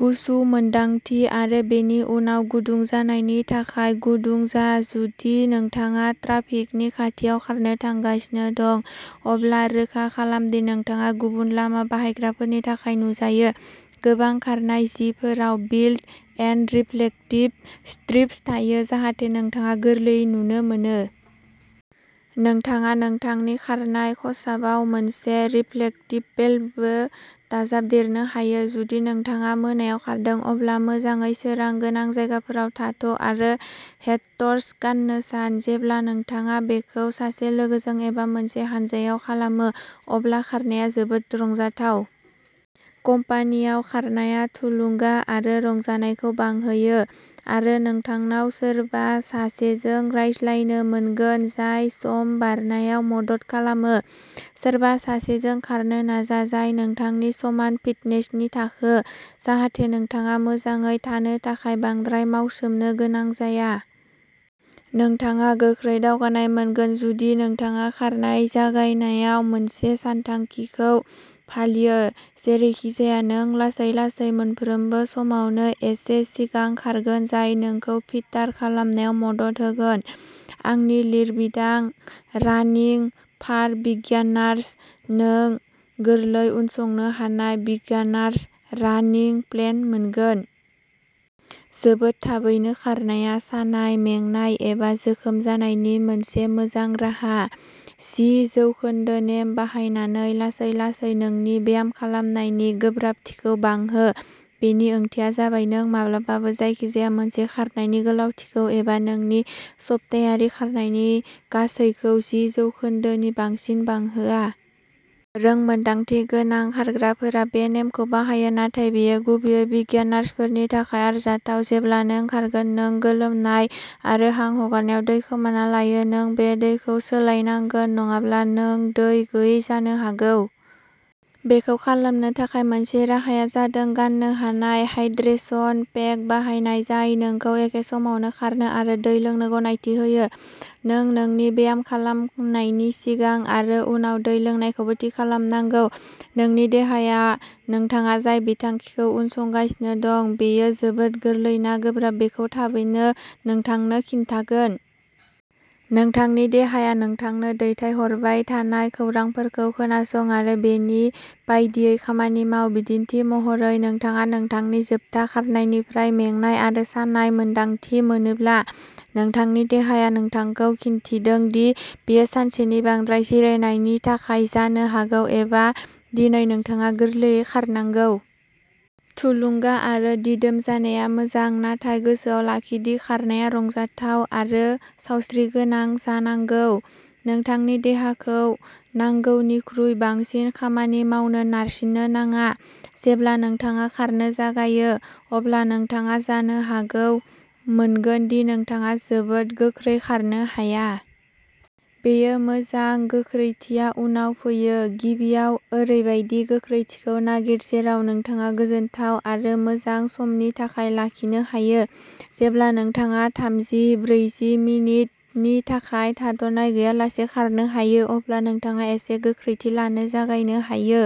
गुसु मोन्दांथि आरो बेनि उनाव गुदुं जानायनि थाखाय गुदुं जा जुदि नोंथाङा ट्राफिकनि खाथियाव खारनो थांगासिनो दं। अब्ला रोखा खालाम दि नोंथाङा गुबुन लामा बाहायग्राफोरनि थाखाय नुजायो। गोबां खारनाय जिफोराव बिल्ट इन रिफ्लेक्टिभ स्ट्रिप्स थायो, जाहाथे नोंथाङा गोरलैयै नुनो मोनो। नोंथाङा नोंथांनि खारनाय खसाबाव मोनसे रिफ्लेक्टिभ बेल्टबो दाजाबदेरनो हायो। जुदि नोंथाङा मोनायाव खारदों, अब्ला मोजाङै सोरां गोनां जायगाफोराव थाथ'आरो हेडटर्च गान्नो सान। जेब्ला नोंथाङा बेखौ सासे लोगोजों एबा मोनसे हानजायाव खालामो अब्ला खारनाया जोबोद रंजाथाव। कम्पानीआव खारनाया थुलुंगा आरो रंजानायखौ बांहोयो, आरो नोंथांनाव सोरबा सासेजों रायज्लायनो मोनगोन जाय सम बारनायाव मदद खालामो। सोरबा सासेजों खारनो नाजा जाय नोंथांनि समान फिटनेसनि थाखो, जाहाथे नोंथाङा मोजाङै थानो थाखाय बांद्राय मावसोमनो गोनां जाया। नोंथाङा गोख्रै दावगानाय मोनगोन जुदि नोंथाङा खारनाय जागायनायाव मोनसे सानथांखिखौ फालियो। जेरैखिजाया, नों लासै लासै मोनफ्रोमबो समावनो एसे सिगां खारगोन जाय नोंखौ फिटार खालामनायाव मदद होगोन। आंनि लिरबिदां रानिं फर बिगिनार्सआव नों गोरलै उनसंनो हानाय बिगिनार्स रानिं प्लेन मोनगोन। जोबोद थाबैनो खारनाया सानाय, मेंनाय एबा जोखोम जानायनि मोनसे मोजां राहा। जि जौखोन्दो नेम बाहायनानै लासै लासै नोंनि ब्यामखालामनायनि गोब्राबथिखौ बांहो। बेनि ओंथिया जाबाय नों माब्लाबाबो जायखिजाया मोनसे खारनायनि गोलावथिखौ एबा नोंनि सप्तायारि खारनायनि गासैखौ जि जौखोन्दो नि बांसिन बांहोआ। रोंमोन्दांथि गोनां खारग्राफोरा बे नेमखौ बाहायो, नाथाय बेयो गुबैयै बिगिनार्सफोरनि थाखाय आरजाथाव। जेब्ला नों खारगोन, नों गोलोमनाय आरो हां हगारनायाव दै खोमाना लायो। नों बे दैखौ सोलायनांगोन, नङाब्ला नों दै गैयै जानो हागौ। बेखौ खालामनो थाखाय मोनसे राहाया जादों गान्नो हानाय हाइड्रेशन पेक बाहायनाय जाय नोंखौ एखे समावनो खारनो आरो दै लोंनो गनायथि होयो। नों नोंनि ब्यामखालामनायनि सिगां आरो उनाव दै लोंनायखौबो थि खालामनांगौ। नोंनि देहाया नोंथाङा जाय बिथांखिखौ उनसंगासिनो दं बेयो जोबोद गोरलै ना गोब्राब बेखौ थाबैनो नोंथांनो खिन्थागोन। नोंथांनि देहाया नोंथांनो दैथायहरबाय थानाय खौरांफोरखौ खोनासं आरो बेनि बायदियै खामानि माव। बिदिन्थि महरै, नोंथाङा नोंथांनि जोबथा खारनायनिफ्राय मेंनाय आरो सानाय मोन्दांथि मोनोब्ला, नोंथांनि देहाया नोंथांखौ खिन्थिदों दि बेयो सानसेनि बांद्राय जिरायनायनि थाखाय जानो हागौ, एबा दिनै नोंथाङा गोरलैयै खारनांगौ। थुलुंगा आरो दिदोम जानाया मोजां, नाथाय गोसोआव लाखि दि खारनाया रंजाथाव आरो सावस्रिगोनां जानांगौ। नोंथांनि देहाखौ नांगौनिख्रुइ बांसिन खामानि मावनो नारसिननो नाङा। जेब्ला नोंथाङा खारनो जागायो, अब्ला नोंथाङा जानो हागौ मोनगोन दि नोंथाङा जोबोद गोख्रै खारनो हाया। बेयो मोजां गोख्रैथिया उनाव फैयो। गिबियाव, ओरैबायदि गोख्रैथिखौ नागिर जेराव नोंथाङा गोजोनथाव आरो मोजां समनि थाखाय लाखिनो हायो। जेब्ला नोंथाङा थामजि, ब्रैजि मिनिटनि थाखाय थाद'नाय गैयालासे खारनो हायो, अब्ला नोंथाङा एसे गोख्रैथि लानो जागायनो हायो।